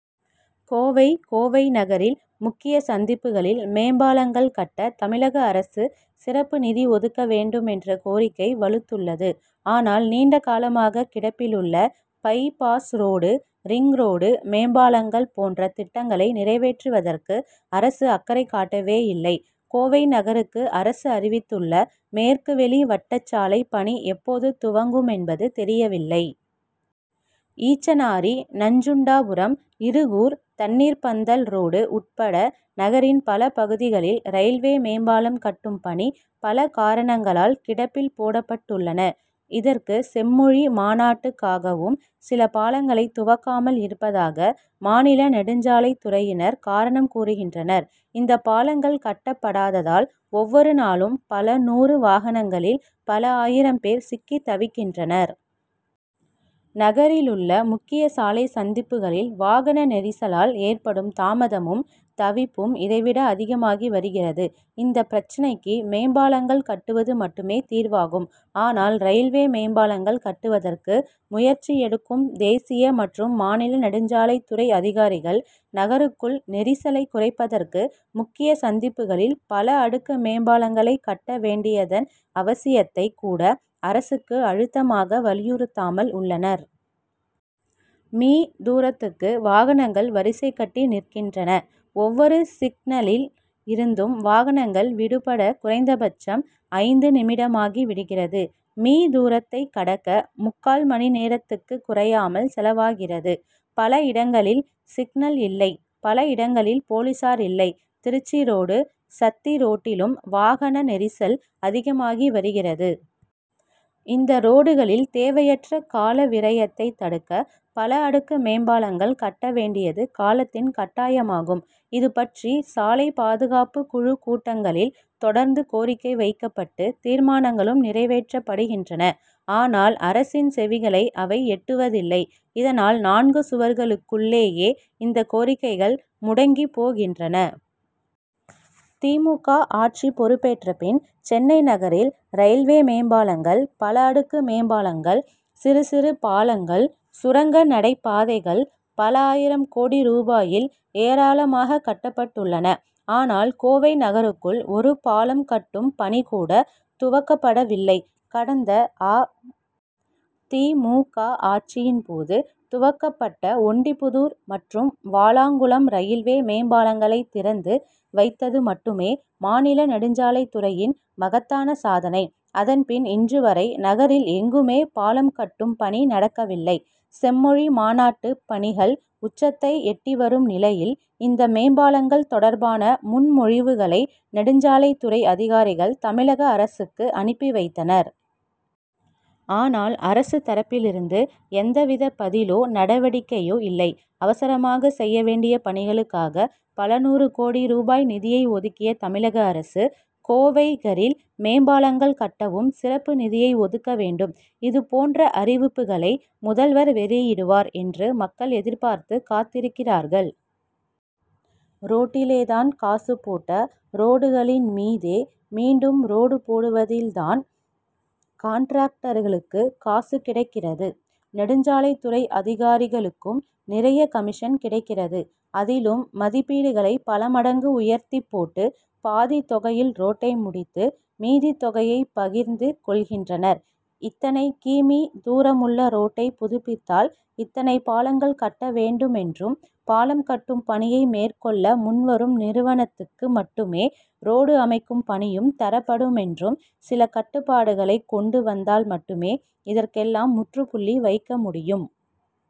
கோவை கோவை நகரில், முக்கிய சந்திப்புகளில் மேம்பாலங்கள் கட்ட, தமிழக அரசு சிறப்பு நிதி ஒதுக்க வேண்டுமென்ற கோரிக்கை வலுத்துள்ளது. ஆனால், நீண்ட காலமாக கிடப்பிலுள்ள பை-பாஸ் ரோடு, ரிங் ரோடு, மேம்பாலங்கள் போன்ற திட்டங்களை நிறைவேற்றுவதற்கு அரசு அக்கறை காட்டவேயில்லை. கோவை நகருக்கு அரசு அறிவித்துள்ள மேற்கு வெளி வட்டச்சாலை பணி எப்போது துவங்குமென்பது தெரியவில்லை. ஈச்சனாரி, நஞ்சுண்டாபுரம், இருகூர், தண்ணீர்ப்பந்தல் ரோடு உட்பட நகரின் பல பகுதிகளில், ரயில்வே மேம்பாலம் கட்டும் பணி, பல காரணங்களால் கிடப்பில் போடப் பட்டுள்ளன. இதற்கு, செம்மொழி மாநாடுக்காகவும் சில பாலங்களைத் துவக்காமல் இருப்பதாக, மாநில நெடுஞ்சாலைத்துறையினர் காரணம் கூறுகின்றனர். இந்த பாலங்கள் கட்டப்படாததால், ஒவ்வொரு நாளும் பல நூறு வாகனங்களில், பல ஆயிரம் பேர் சிக்கித் தவிக்கின்றனர். நகரிலுள்ள முக்கிய சாலை சந்திப்புகளில் வாகன நெரிசலால் ஏற்படும் தாமதமும், தவிப்பும் இதைவிட அதிகமாகி வருகிறது; இந்த பிரச்னைக்கு மேம்பாலங்கள் கட்டுவது மட்டுமே தீர்வாகும். ஆனால், ரயில்வே மேம்பாலங்கள் கட்டுவதற்கு முயற்சி எடுக்கும் தேசிய மற்றும் மாநில நெடுஞ்சாலைத் துறை அதிகாரிகள், நகருக்குள் நெரிசலைக் குறைப்பதற்கு, முக்கிய சந்திப்புகளில் பல அடுக்கு மேம்பாலங்களைக் கட்ட வேண்டியதன் அவசியத்தைக் கூட, அரசுக்கு அழுத்தமாக வலியுறுத்தாமல் உள்ளனர். மீ., தூரத்துக்கு வாகனங்கள் வரிசை கட்டி நிற்கின்றன. ஒவ்வொரு சிக்னலில் இருந்தும் வாகனங்கள் விடுபட குறைந்தபட்சம் ஐந்து நிமிடமாகி விடுகிறது. மீ., தூரத்தைக் கடக்க, முக்கால் மணி நேரத்துக்குக் குறையாமல் செலவாகிறது. பல இடங்களில் சிக்னல் இல்லை; பல இடங்களில் போலீசார் இல்லை. திருச்சி ரோடு, சத்தி ரோட்டிலும் வாகன நெரிசல் அதிகமாகி வருகிறது. இந்த ரோடுகளில் தேவையற்ற கால விரயத்தைத் தடுக்க, பல அடுக்கு மேம்பாலங்கள் கட்டவேண்டியது காலத்தின் கட்டாயமாகும். இதுபற்றி சாலை பாதுகாப்புக் குழுக் கூட்டங்களில், தொடர்ந்து கோரிக்கை வைக்கப்பட்டு, தீர்மானங்களும் நிறைவேற்றப்படுகின்றன. ஆனால், அரசின் செவிகளை அவை எட்டுவதில்லை. இதனால், நான்கு சுவர்களுக்குள் ளேயே இந்த கோரிக்கைகள் முடங்கிப் போகின்றன. தி. மு. க., ஆட்சி பொறுப்பேற்றபின், சென்னை நகரில் ரயில்வே மேம்பாலங்கள், பல அடுக்கு மேம்பாலங்கள், சிறு சிறு பாலங்கள், சுரங்க நடைபாதைகள் பல ஆயிரம் கோடி ரூபாயில் ஏராளமாகக் கட்டப்பட்டுள்ளன. ஆனால், கோவை நகருக்குள் ஒரு பாலம் கட்டும் பணி கூட துவக்கப்படவில்லை. கடந்த அ. தி. மு. க., ஆட்சியின்போது, துவக்கப்பட்ட ஒண்டிப்புதூர் மற்றும் வாலாங்குளம் ரயில்வே மேம் பாலங்களைத் திறந்து வைத்தது மட்டுமே, மாநில நெடுஞ்சாலைத்துறையின் மகத்தான சாதனை. அதன்பின், இன்று வரை நகரில் எங்குமே பாலம் கட்டும் பணி நடக்கவில்லை. செம்மொழி மாநாட்டுப் பணிகள் உச்சத்தை எட்டி வரும் நிலையில், இந்த மேம்பாலங்கள் தொடர்பான முன்மொழிவுகளை நெடுஞ்சாலைத் துறை அதிகாரிகள், தமிழக அரசுக்கு அனுப்பி வைத்தனர். ஆனால், அரசு தரப்பிலிருந்து எந்த வித பதிலோ, நடவடிக்கையோ இல்லை. அவசரமாகச் செய்ய வேண்டிய பணிகளுக்காக பல நூறு கோடி ரூபாய் நிதியை ஒதுக்கிய தமிழக அரசு, கோவை கரில் மேம்பாலங்கள் கட்டவும் சிறப்பு நிதியை ஒதுக்க வேண்டும். இது போன்ற அறிவிப்புகளை முதல்வர் வெளியிடுவார் என்று மக்கள் எதிர்பார்த்துக் காத்திருக்கிறார்கள். ரோட்டிலேதான் காசு போட்ட ரோடுகளின் மீதே மீண்டும் ரோடு போடுவதில்தான் கான்ட்ராக்டர்களுக்கு காசு கிடைக்கிறது; நெடுஞ்சாலைத்துறை அதிகாரிகளுக்கும் நிறைய கமிஷன் கிடைக்கிறது. அதிலும் மதிப்பீடுகளை பல மடங்கு உயர்த்திப் போட்டு, பாதித் தொகையில் ரோட்டை முடித்து, மீதித்தொகையை பகிர்ந்து கொள்கின்றனர். இத்தனை கி. மீ., தூரமுள்ள ரோட்டைப் புதுப்பித்தால், இத்தனை பாலங்கள் கட்ட வேண்டுமென்றும், பாலம் கட்டும் பணியை மேற்கொள்ள முன் வரும் நிறுவனத்துக்கு மட்டுமே ரோடு அமைக்கும் பணியும் தரப்படுமென்றும் சில கட்டுப்பாடுகளைக் கொண்டு வந்தால் மட்டுமே இதற்கெல்லாம் முற்றுப்புள்ளி வைக்க முடியும்.